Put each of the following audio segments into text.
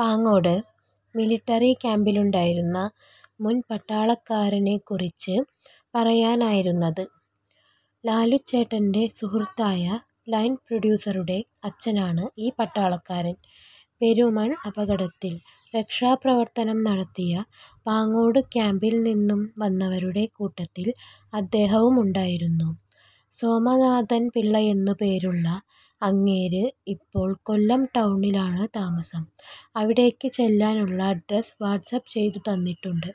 Pangode military ക്യാമ്പിലുണ്ടായിരുന്ന മുൻ പട്ടാളക്കാരനെക്കുറിച്ച് പറയാനായിരുന്നത്. ലാലുച്ചേട്ടന്റെ സുഹൃത്തായ ലൈൻപ്രൊഡ്യൂസറുടെ അച്ഛനാണ് ഈ പട്ടാളക്കാരൻ. പെരുമൺ അപകടത്തിൽ രക്ഷാപ്രവർത്തനം നടത്തിയ പാങ്ങോട് ക്യാമ്പിൽ നിന്നും വന്നവരുടെ കൂട്ടത്തിൽ അദ്ദേഹവുമുണ്ടായിരുന്നു. സോമനാഥൻ പിള്ളയെന്നു പേരുള്ള അങ്ങേര് ഇപ്പോൾ കൊല്ലം ടൗണിലാണ് താമസം. അവിടേക്ക് ചെല്ലാനുളള അഡ്രസ് വാട്സാപ്പ് ചെയ്തു തന്നിട്ടുണ്ട്.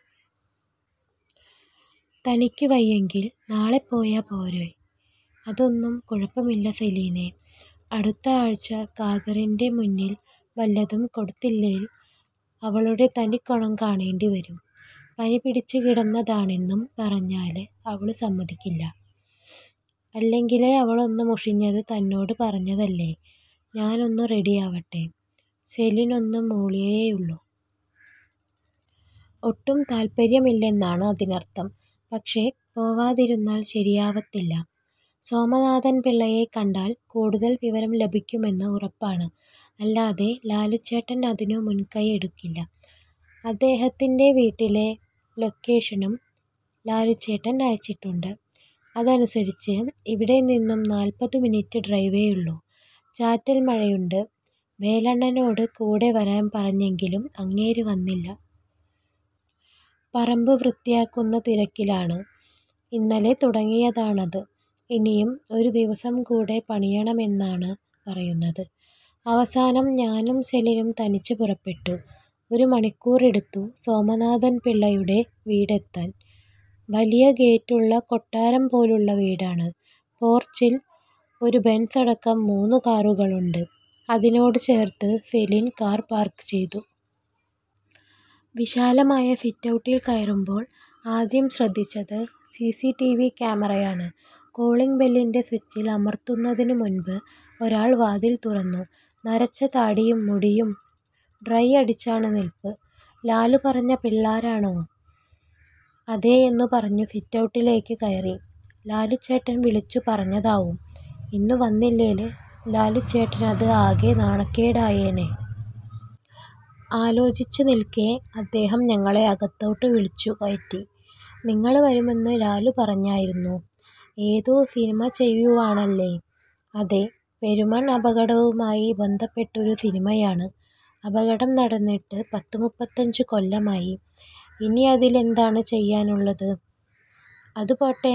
"തനിക്ക് വയ്യെങ്കിൽ നാളെ പോയാൽ പോരേ? " "അതൊന്നും കുഴപ്പമില്ല സെലിനേ. അടുത്ത ആഴ്ച കാതറിന്റെ മുന്നിൽ വല്ലതും കൊടുത്തില്ലേല് അവളുടെ തനിക്കൊണം കാണേണ്ടി വരും. പനി പിടിച്ച് കിടന്നതാണെന്നും പറഞ്ഞാല് അവള് സമ്മതിക്കില്ല. അല്ലെങ്കിലേ അവളൊന്നു മുഷിഞ്ഞത് തന്നോട് പറഞ്ഞതല്ലേ? ഞാനൊന്നു റെഡിയാവട്ടെ. " സെലിൻ ഒന്നു മൂളിയേയുള്ളു. ഒട്ടും താത്പര്യമില്ലെന്നാണ് അതിനർത്ഥം. പക്ഷേ പോവാതിരുന്നാൽ ശരിയാവത്തില്ല. സോമനാഥൻ പിള്ളയെ കണ്ടാൽ കൂടുതൽ വിവരം ലഭിക്കുമെന്നു ഉറപ്പാണ്. അല്ലാതെ ലാലുച്ചേട്ടൻ അതിനു മുൻകൈ എടുക്കില്ല. അദ്ദേഹത്തിന്റെ വീട്ടിലെ ലൊക്കേഷനും ലാലുച്ചേട്ടൻ അയച്ചിട്ടുണ്ട്. അതനുസരിച്ച് ഇവിടെ നിന്നും നാൽപ്പതു മിനിറ്റ് ഡ്രൈവേയുള്ളൂ. ചാറ്റൽ മഴയുണ്ട്. വേലണ്ണനോട് കൂടെ വരാൻ പറഞ്ഞെങ്കിലും അങ്ങേര് വന്നില്ല. പറമ്പ് വൃത്തിയാക്കുന്ന തിരക്കിലാണ്. ഇന്നലെ തുടങ്ങിയതാണത്. ഇനിയും ഒരു ദിവസം കൂടെ പണിയണമെന്നാണ് പറയുന്നത്. അവസാനം ഞാനും സെലിനും തനിച്ച് പുറപ്പെട്ടു. ഒരു മണിക്കൂറെടുത്തു സോമനാഥൻ പിള്ളയുടെ വീട് എത്താൻ. വലിയ ഗേറ്റുള്ള കൊട്ടാരം പോലുള്ള വീടാണ്. പോർച്ചിൽ ഒരു ബെൻസടക്കം മൂന്നു കാറുകളുണ്ട്. അതിനോട് ചേർത്ത് സെലിൻ കാർ പാർക്ക് ചെയ്തു. വിശാലമായ സിറ്റൌട്ടിൽ കയറുമ്പോൾ ആദ്യം ശ്രദ്ധിച്ചത് സിസിടിവി ക്യാമറയാണ്. കോളിംഗ് ബെല്ലിന്റെ സ്വിച്ചിൽ അമർത്തുന്നതിനു മുൻപ് ഒരാൾ വാതിൽ തുറന്നു. നരച്ച താടിയും മുടിയും ഡ്രൈ അടിച്ചാണ് നിൽപ്പ്. "ലാലു പറഞ്ഞ പിള്ളാരാണോ? " അതേയെന്നു പറഞ്ഞു സിറ്റൗട്ടിലേക്ക് കയറി. ലാലുച്ചേട്ടൻ വിളിച്ചു പറഞ്ഞതാവും. ഇന്നു വന്നില്ലേല് ലാലുച്ചേട്ടനത് ആകെ നാണക്കേട് ആയേനെ. ആലോചിച്ച് നിൽക്കെ അദ്ദേഹം ഞങ്ങളെ അകത്തോട്ട് വിളിച്ചു കയറ്റി. "നിങ്ങള് വരുമെന്ന് ലാലുപറഞ്ഞായിരുന്നു. ഏതോ സിനിമ ചെയ്യുവാണല്ലേ? " "അതെ, പെരുമൺ അപകടവുമായി ബന്ധപ്പെട്ടൊരു സിനിമയാണ്. " "അപകടം നടന്നിട്ട് പത്തുമുപ്പത്തഞ്ചു കൊല്ലമായി. ഇനിയതിലെന്താണ് ചെയ്യാനുള്ളത്? അതു പോട്ടെ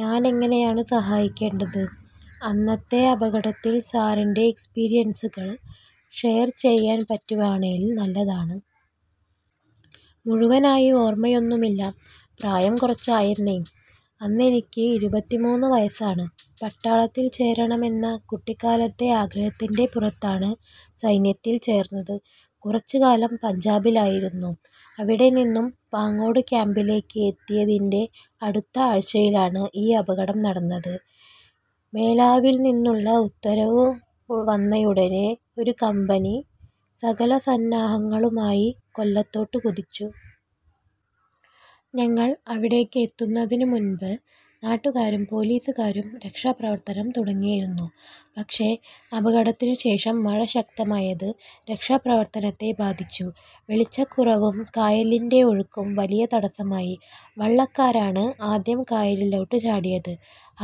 ഞാനെങ്ങനെയാണ് സഹായിക്കേണ്ടത്? " "അന്നത്തെ അപകടത്തിൽ സാറിന്റെ എക്സ്പീരിയൻസുകള് ഷെയർ ചെയ്യാൻ പറ്റുവാണേല് നല്ലതാണ്. " "മുഴുവനായി ഓർമയൊന്നുമില്ല. പ്രായം കുറച്ചായെന്നേ... അന്നെനിക്ക് ഇരുപത്തിമൂന്നു വയസാണ്. പട്ടാളത്തിൽ ചേരണമെന്ന കുട്ടിക്കാലത്തെ ആഗ്രഹത്തിന്റെ പുറത്താണ് സൈന്യത്തിൽ ചേർന്നത്. കുറച്ചുകാലം പഞ്ചാബിലായിരുന്നു. അവിടെനിന്നും പാങ്ങോട് ക്യമ്പിലേക്ക് എത്തിയതിന്റെ അടുത്ത ആഴ്ചയിലാണ് ഈ അപകടം നടന്നത്. മേലാവിൽനിന്നുള്ള ഉത്തരവു വന്നയുടനെ ഒരു കമ്പനി സകല സന്നാഹങ്ങളുമായി കൊല്ലത്തോട്ട് കുതിച്ചു. ഞങ്ങൾ അവിടേക്ക് എത്തുന്നതിനു മുൻപ് നാട്ടുകാരും പൊലീസുകാരും രക്ഷാപ്രവർത്തനം തുടങ്ങിയിരുന്നു. പക്ഷേ, അപകടത്തിനു ശേഷം മഴ ശക്തമായത് രക്ഷാപ്രവർത്തനത്തെ ബാധിച്ചു. വെളിച്ചക്കുറവും കായലിന്റെ ഒഴുക്കും വലിയ തടസമായി. വള്ളക്കാരാണ് ആദ്യം കായലിലോട്ട് ചാടിയത്.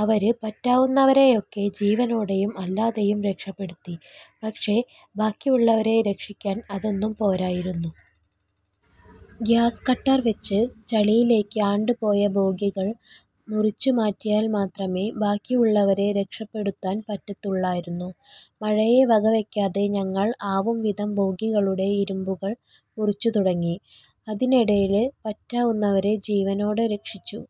അവര് പറ്റാവുന്നവരയൊക്കെ ജീവനോടെയും അല്ലാതെയും രക്ഷപ്പെടുത്തി. പക്ഷേ, ബാക്കിയുള്ളവരെ രക്ഷിക്കാൻ അതൊന്നും പോരായിരുന്നു. ഗ്യാസ് കട്ടർവെച്ച്, ചളിയിലേക്ക് ആണ്ടുപോയ ബോഗികൾ മുറിച്ചു മാറ്റിയാൽ മാത്രമെ ബാക്കിയുള്ളവരെ രക്ഷപ്പെടുത്താൻ പറ്റത്തുള്ളായിരുന്നു. മഴയെ വകവെക്കാതെ ഞങ്ങൾ ആവുംവിധം ബോഗികളുടെ ഇരുമ്പുകൾ മുറിച്ചു തുടങ്ങി. അതിനെടേല് പറ്റാവുന്നവരെ ജീവനോടെ രക്ഷിച്ചു.